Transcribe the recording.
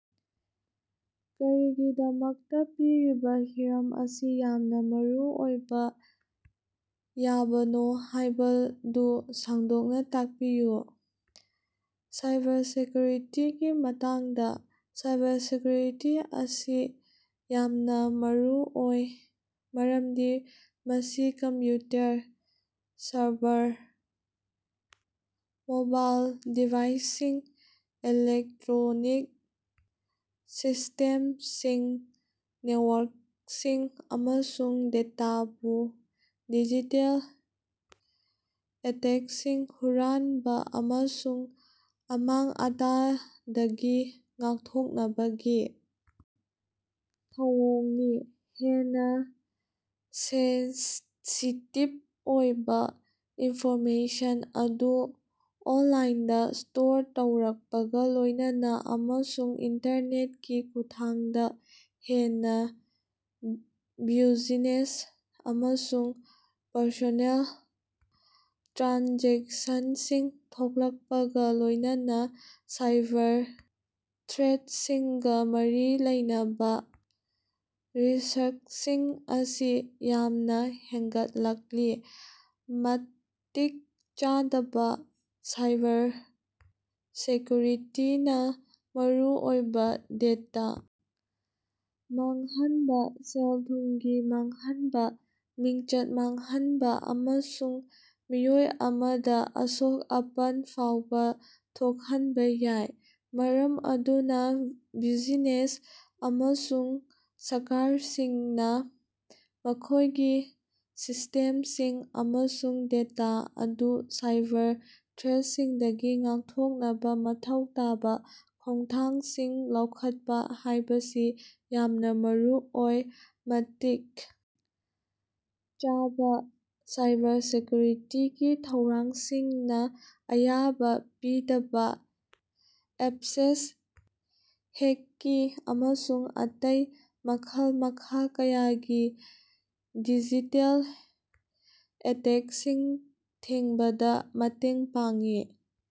ꯀꯔꯤꯒꯤꯗꯃꯛꯇ ꯄꯤꯔꯤꯕ ꯍꯤꯔꯝ ꯑꯁꯤ ꯌꯥꯝꯅ ꯃꯔꯨꯑꯣꯏꯕ ꯌꯥꯕꯅꯣ ꯍꯥꯏꯕꯗꯨ ꯁꯟꯗꯣꯛꯅ ꯇꯥꯛꯄꯤꯌꯨ꯫ ꯁꯥꯏꯕꯔꯁꯦꯀ‌꯭ꯌꯨꯔꯤꯇꯤꯒꯤ ꯃꯇꯥꯡꯗ꯫ ꯁꯥꯏꯕꯔꯁꯦꯀ꯭ꯌꯨꯔꯤꯇꯤ ꯑꯁꯤ ꯌꯥꯝꯅ ꯃꯔꯨꯑꯣꯏ ꯃꯔꯝꯗꯤ ꯃꯁꯤ ꯀꯝꯄ꯭ꯌꯨꯇꯔ, ꯁꯔꯚꯔ, ꯃꯣꯕꯥꯏꯜ ꯗꯤꯚꯥꯏꯁꯁꯤꯡ, ꯏꯂꯦꯛꯇ꯭ꯔꯣꯅꯤꯛ ꯁꯤꯁ꯭ꯇꯦꯝꯁꯤꯡ, ꯅꯦꯠꯋꯥꯔꯀꯁꯤꯡ, ꯑꯃꯁꯨꯡ ꯗꯦꯇꯥꯕꯨ ꯗꯤꯖꯤꯇꯦꯜ ꯑꯦꯇꯦꯛꯁꯤꯡ, ꯍꯨꯔꯥꯟꯕ ꯑꯃꯁꯨꯡ ꯑꯃꯥꯡ-ꯑꯇꯥꯗꯒꯤ ꯉꯥꯛꯊꯣꯛꯅꯕꯒꯤ ꯊꯧꯑꯣꯡꯅꯤ꯫ ꯍꯦꯟꯅ ꯁꯦꯟꯁꯤꯇꯤꯚ ꯑꯣꯏꯕ ꯏꯟꯐꯣꯔꯃꯦꯁꯟ ꯑꯗꯨ ꯑꯣꯟꯂꯥꯏꯟꯗ ꯁ꯭ꯇꯣꯔ ꯇꯧꯔꯛꯄꯒ ꯂꯣꯏꯅꯅ, ꯑꯃꯁꯨꯡ ꯏꯟꯇꯔꯅꯦꯠꯀꯤ ꯈꯨꯠꯊꯥꯡꯗ ꯍꯦꯟꯅ ꯕ꯭ꯌꯨꯖꯤꯅꯦꯁ ꯑꯃꯁꯨꯡ ꯄꯔꯁꯣꯅꯦꯜ ꯇ꯭ꯔꯥꯟꯖꯦꯛꯁꯟꯁꯤꯡ ꯊꯣꯛꯂꯛꯄꯒ ꯂꯣꯏꯅꯅ, ꯁꯥꯏꯕꯔ ꯊ꯭ꯔꯦꯠꯁꯤꯡꯒ ꯃꯔꯤ ꯂꯩꯅꯕ ꯔꯤꯁ꯭ꯀꯁꯤꯡ ꯑꯁꯤ ꯌꯥꯝꯅꯥ ꯍꯦꯟꯒꯠꯂꯛꯂꯤ꯫ ꯃꯇꯤꯛ ꯆꯥꯗꯕ ꯁꯥꯏꯕꯔꯁꯦꯀ꯭ꯌꯨꯔꯤꯇꯤꯅ ꯃꯔꯨꯑꯣꯏꯕ ꯗꯦꯇ ꯃꯥꯡꯍꯟꯕ, ꯁꯦꯜ-ꯊꯨꯝꯒꯤ ꯃꯥꯡꯍꯟꯕ, ꯃꯤꯡꯆꯠ ꯃꯥꯡꯍꯟꯕ, ꯑꯃꯁꯨꯡ ꯃꯤꯑꯣꯏ ꯑꯃꯗꯥ ꯑꯁꯣꯛ-ꯑꯄꯟ ꯐꯥꯎꯕ ꯊꯣꯛꯍꯟꯕ ꯌꯥꯏ꯫ ꯃꯔꯝ ꯑꯗꯨꯅ ꯕ꯭ꯌꯨꯖꯤꯅꯦꯁ ꯑꯃꯁꯨꯡ ꯁꯔꯀꯥꯔꯁꯤꯡꯅ ꯃꯈꯣꯏꯒꯤ ꯁꯤꯁ꯭ꯇꯦꯝꯁꯤꯡ ꯑꯃꯁꯨꯡ ꯗꯦꯇꯥ ꯑꯗꯨ ꯁꯥꯏꯕꯔ ꯊ꯭ꯔꯦꯠꯁꯤꯡꯗꯒꯤ ꯉꯥꯛꯊꯣꯛꯅꯕ ꯃꯊꯧ ꯇꯥꯕ ꯈꯣꯡꯊꯥꯡꯁꯤꯡ ꯂꯧꯈꯠꯄ ꯍꯥꯏꯕꯁꯤ ꯌꯥꯝꯅ ꯃꯔꯨꯑꯣꯏ꯫ ꯃꯇꯤꯛ ꯆꯥꯕ ꯁꯥꯏꯕꯔꯁꯦꯀ꯭ꯌꯨꯔꯤꯇꯤꯒꯤ ꯊꯧꯔꯥꯡꯁꯤꯡꯅ ꯑꯌꯥꯕ ꯄꯤꯗꯕ ꯑꯦꯛꯁꯦꯁ, ꯍꯦꯛꯀꯤ ꯑꯃꯁꯨꯡ ꯑꯇꯩ ꯃꯈꯜ-ꯃꯈꯥ ꯀꯌꯥꯒꯤ ꯗꯤꯖꯤꯇꯦꯜ ꯑꯦꯇꯦꯛꯁꯤꯡ ꯊꯤꯡꯕꯗ ꯃꯇꯦꯡ ꯄꯥꯡꯏ꯫